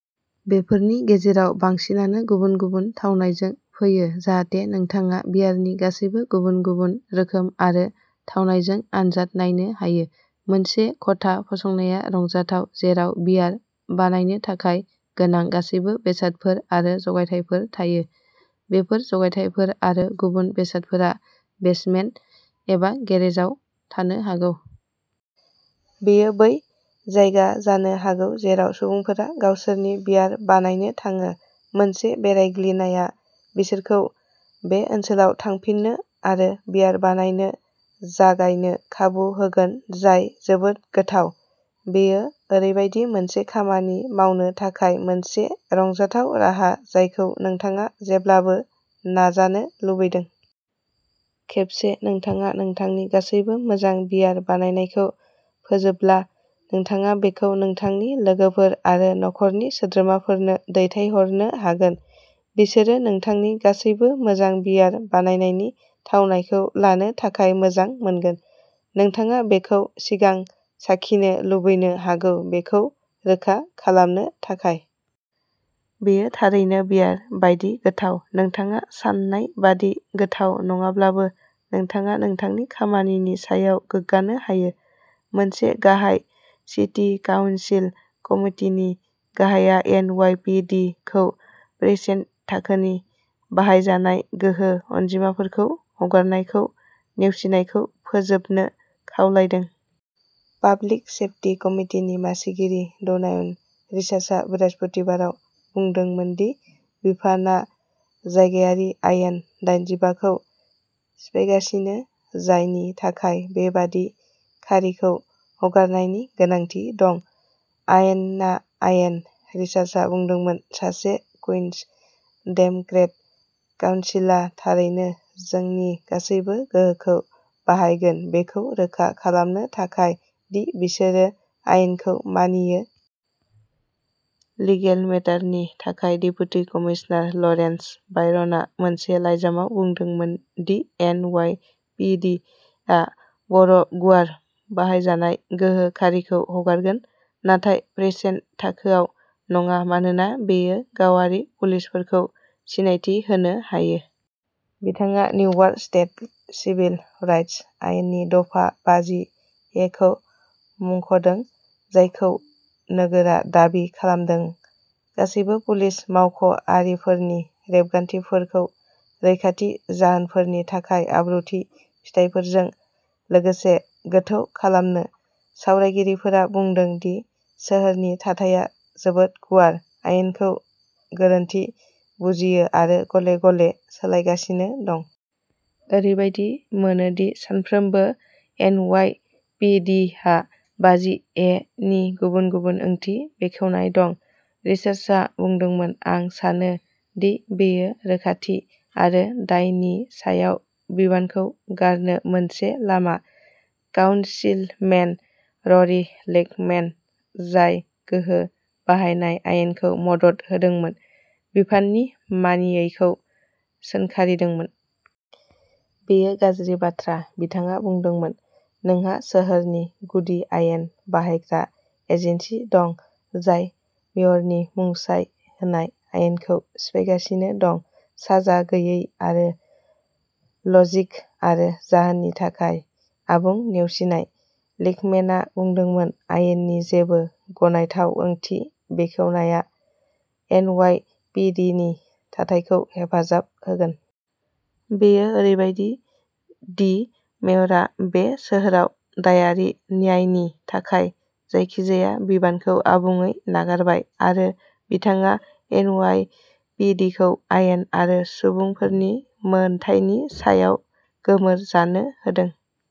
बेफोरनि गेजेराव बांसिनानो गुबुन-गुबुन थावनायजों फैयो जाहाथे नोंथाङा बियारनि गासैबो गुबुन-गुबुन रोखोम आरो थावनायजों आनजाद नायनो हायो। मोनसे खथा फसंनाया रंजाथाव जेराव बियार बानायनो थाखाय गोनां गासैबो बेसादफोर आरो जगायथायफोर थायो। बेफोर जगायथायफोर आरो गुबुन बेसादफोरा बेसमेन्ट एबा गेरेजाव थानो हागौ। बेयो बै जायगा जानो हागौ जेराव सुबुंफोरा गावसोरनि बियार बानायनो थाङो। मोनसे बेरायग्लिनाया बिसोरखौ बे ओनसोलाव थांफिननो आरो बियार बानायनो जागायनो खाबु होगोन जाय जोबोद गोथाव। बेयो ओरैबायदि मोनसे खामानि मावनो थाखाय मोनसे रंजाथाव राहा जायखौ नोंथाङा जेब्लाबो नाजानो लुबैदों। खेबसे नोंथाङा नोंथांनि गासैबो मोजां बियार बानायनायखौ फोजोबब्ला, नोंथाङा बेखौ नोंथांनि लोगोफोर आरो नखरनि सोद्रोमाफोरनो दैथायहरनो हागोन। बिसोरो नोंथांनि गासैबो मोजां बियार बानायनायनि थावनायखौ लानो थाखाय मोजां मोनगोन। नोंथाङा बेखौ सिगां साखिनो लुबैनो हागौ बेखौ रोखा खालामनो थाखाय। बेयो थारैनो बियार बायदि गोथाव। नोंथाङा सान्नाय बायदि गोथाव नङाब्लाबो नोंथाङा नोंथांनि खामानिनि सायाव गोग्गानो हायो। मोनसे गाहाय सिटी काउन्सिल कमिटिनि गाहाया एन वाइ पि दि खौ प्रिसिन्ट-थाखोनि बाहायजानाय गोहो अनजिमाफोरखौ हगारनायखौ नेवसिनायखौ फोजोबनो खावलायदों। पाब्लिक सेफटि कमितिनि मासिगिरि ड'नावान रिचार्ड्सआ बृहस्पतिबाराव बुंदोंमोन दि बिफानआ जायगायारि आयेन दाइजिबाखौ सिफायगासिनो जायनि थाखाय बेबादि खारिखौ हगारनायनि गोनांथि दं। "आयेना आयेन", रिचार्ड्सआ बुंदोंमोन, सासे कुइनस डेम'क्रेट। "काउनसिला थारैनो जोंनि गासैबो गोहोखौ बाहायगोन बेखौ रोखा खालामनो थाखाय दि बिसोरो आयेनखौ मानियो।" लिगेल मेटारनि थाखाय डेपुटि कमिसनार लरेन्स बायर्नआ मोनसे लाइजामाव बुंदोंमोन the N Y P D आ बर' गुवार बाहायजानाय गोहो खारिखौ हगारगोन नाथाय प्रिसिन्ट थाखोआव नङा मानोना बेयो गावारि पुलिसफोरखौ सिनायथि होनो हायो। बिथाङा निउयर्क स्टेट सिभिल राइटस आयेननि दफा बाजि ए खौ मुंख'दों जायखौ नोगोरा दाबि खालामदों। गासैबो पुलिस मावख'आरिफोरनि रेबगान्थिफोरखौ रैखाथि जाहोनफोरनि थाखाय आब्रुथि फिथायफोरजों लोगोसे गोथों खालामो। सावरायगिरिफोरा बुंदों दि सोहोरनि थाथाया जोबोद गुवार आयेनखौ गोरोन्थि बुजियो आरो गले-गले सोलायगासिनो दं। ओरैबायदि मोनो दि सानफ्रोमबो, एनवाईपीडीहा बाजि-ए नि गुबुन-गुबुन ओंथि बेखेवनाय दं, रिचर्ड्सआ बुंदोंमोन। "आं सानो दि बेयो रोखाथि आरो दायनि सायाव बिबानखौ गारनो मोनसे लामा।" काउनसिलमेन र'री लेंकमेन, जाय गोहो बाहायनाय आयेनखौ मदद होदोंमोन बिफाननि मानियैखौ सोंखारिदोंमोन। "बेयो गाज्रि बाथ्रा", बिथाङा बुंदोंमोन। "नोंहा सोहोरनि गुदि आयेन बाहायग्रा एजेन्सि दं जाय मेयरनि मुंसाइ होनाय आयेनखौ सिफायगासिनो दं, साजा गैयै आरो लजिक आरो जाहोननि थाखाय आबुं नेवसिनाय।" लेंकमेनआ बुंदोंमोन "आयेननि जेबो गनायथाव ओंथि बेखेवनाया" एनवाईपीडीनि थाथायखौ हेफाजाब होगोन। बेयो ओरैबादि दि मेयरआ बे सोहोराव दायारि न्यायनि थाखाय जायखिजाया बिबानखौ आबुङै नागारबाय आरो बिथाङा एनवाईपीडीखौ आयेन आरो सुबुंफोरनि मोनथायनि सायाव गोमोर जानो होदों।